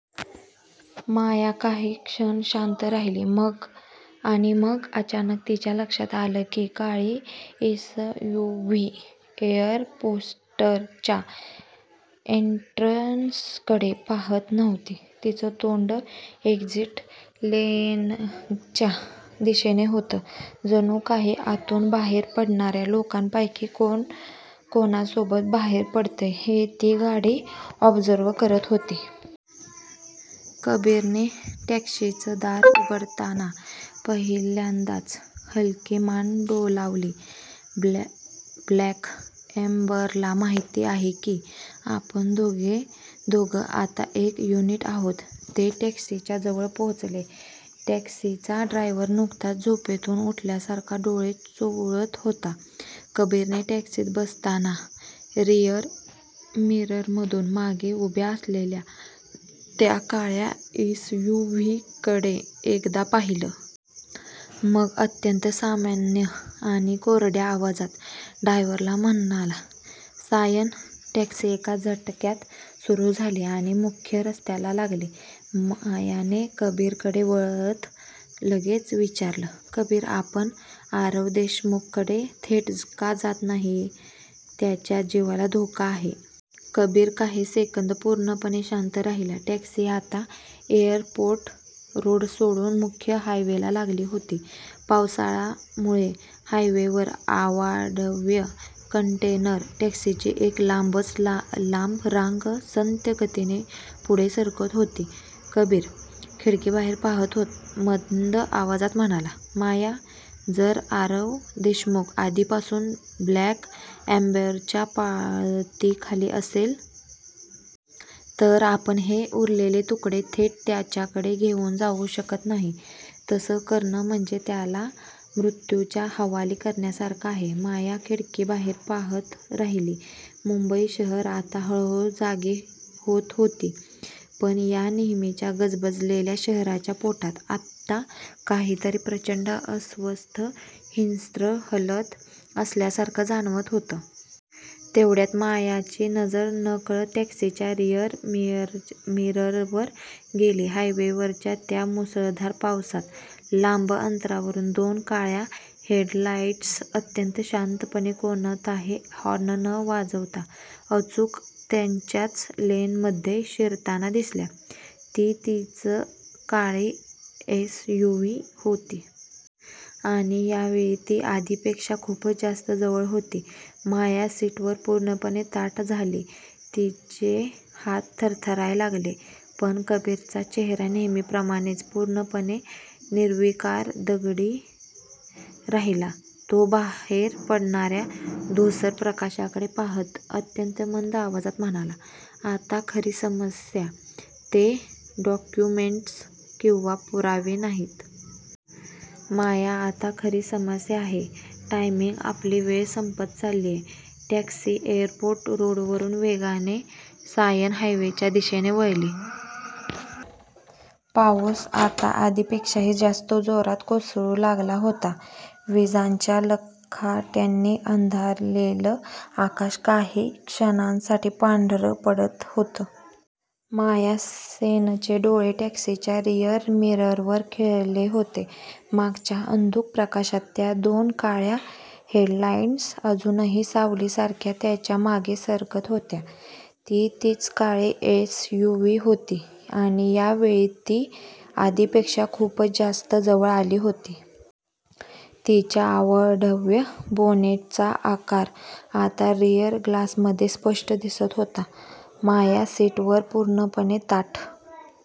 माया काही क्षण शांत राहिली, आणि मग अचानक तिच्या लक्षात आलं, ती काळी एसयूव्ही एअरपोर्टच्या एंट्रन्सकडे पाहत नव्हती. तिचं तोंड एक्झिट लेनच्या दिशेने होतं. जणू काही आतून बाहेर पडणाऱ्या लोकांपैकी कोण कोणासोबत बाहेर पडतंय, हे ती गाडी ऑब्झर्व्ह करत होती. कबीरने टॅक्सीचं दार उघडताना पहिल्यांदाच हलकी मान डोलावली. ब्लॅक एम्बरला माहिती आहे की, आपण दोघं आता एक युनिट आहोत. " ते टॅक्सीच्या जवळ पोहोचले. टॅक्सीचा ड्रायव्हर नुकताच झोपेतून उठल्यासारखा डोळे चोळत होता. कबीरने टॅक्सीत बसताना रिअर मिररमधून मागे उभ्या असलेल्या त्या काळ्या एसयूव्हीकडे एकदा पाहिलं. मग अत्यंत सामान्य आणि कोरड्या आवाजात ड्रायव्हरला म्हणाला, "सायन. " टॅक्सी एका झटक्यात सुरू झाली आणि मुख्य रस्त्याला लागली. मायाने कबीरकडे वळत लगेच विचारलं, "कबीर, आपण आरव देशमुखकडे थेट का जात नाहीये? त्याच्या जीवाला धोका आहे! " कबीर काही सेकंद पूर्णपणे शांत राहिला. टॅक्सी आता एअरपोर्ट रोड सोडून मुख्य हायवेला लागली होती. पावसामुळे हायवेवर अवाढव्य कंटेनर ट्रक्सची एक लांबच लांब रांग संथ गतीने पुढे सरकत होती. कबीर खिडकीबाहेर पाहत मंद आवाजात म्हणाला, "माया, जर आरव देशमुख आधीपासूनच ब्लॅक एम्बरच्या पाळतीखाली असेल. तर आपण हे उरलेले तुकडे थेट त्याच्याकडे घेऊन जाऊ शकत नाही. तसं करणं म्हणजे त्याला मृत्यूच्या हवाली करण्यासारखं आहे. " माया खिडकीबाहेर पाहत राहिली. मुंबई शहर आता हळूहळू जागी होत होती. पण या नेहमीच्या गजबजलेल्या शहराच्या पोटात आत्ता काहीतरी प्रचंड अस्वस्थ, हिंस्त्र हलत असल्यासारखं जाणवत होतं. तेवढ्यात, मायाची नजर नकळत टॅक्सीच्या रिअर मिररवर गेली. हायवेवरच्या त्या मुसळधार पावसात, लांब अंतरावरून दोन काळ्या हेडलाईट्स अत्यंत शांतपणे, कोणताही हॉर्न न वाजवता अचूक त्यांच्याच लेनमध्ये शिरताना दिसल्या. ती तीच काळी एसयूव्ही होती. आणि यावेळी ती आधीपेक्षा खूपच जास्त जवळ होती. माया सीटवर पूर्णपणे ताठ झाली, तिचे हात थरथरायला लागले. पण कबीरचा चेहरा नेहमीप्रमाणेच पूर्णपणे निर्विकार, दगडी राहिला. तो बाहेर पडणाऱ्या धूसर प्रकाशाकडे पाहत अत्यंत मंद आवाजात म्हणाला, "आता खरी समस्या ते डॉक्युमेंट्स किंवा पुरावे नाहीत. माया, आता खरी समस्या आहे टायमिंग आपली वेळ संपत चाललीये. " टॅक्सी एअरपोर्ट रोडवरून वेगाने सायन हायवेच्या दिशेने वळली. पाऊस आता आधीपेक्षाही जास्त जोरात कोसळू लागला होता. विजांच्या लखाट्यांनी अंधारलेलं आकाश काही क्षणांसाठी पांढरं पडत होतं. माया सेनचे डोळे टॅक्सीच्या रिअर मिररवर खिळले होते. मागच्या अंधुक प्रकाशात त्या दोन काळ्या हेडलाईट्स अजूनही सावलीसारख्या त्यांच्या मागे सरकत होत्या. ती तीच काळी एसयूव्ही होती. आणि या वेळी, ती आधीपेक्षा खूपच जास्त जवळ आली होती. तिच्या अवाढव्य बोनेटचा आकार आता रिअर ग्लासमध्ये स्पष्ट दिसत होता. माया सीटवर पूर्णपणे ताठ--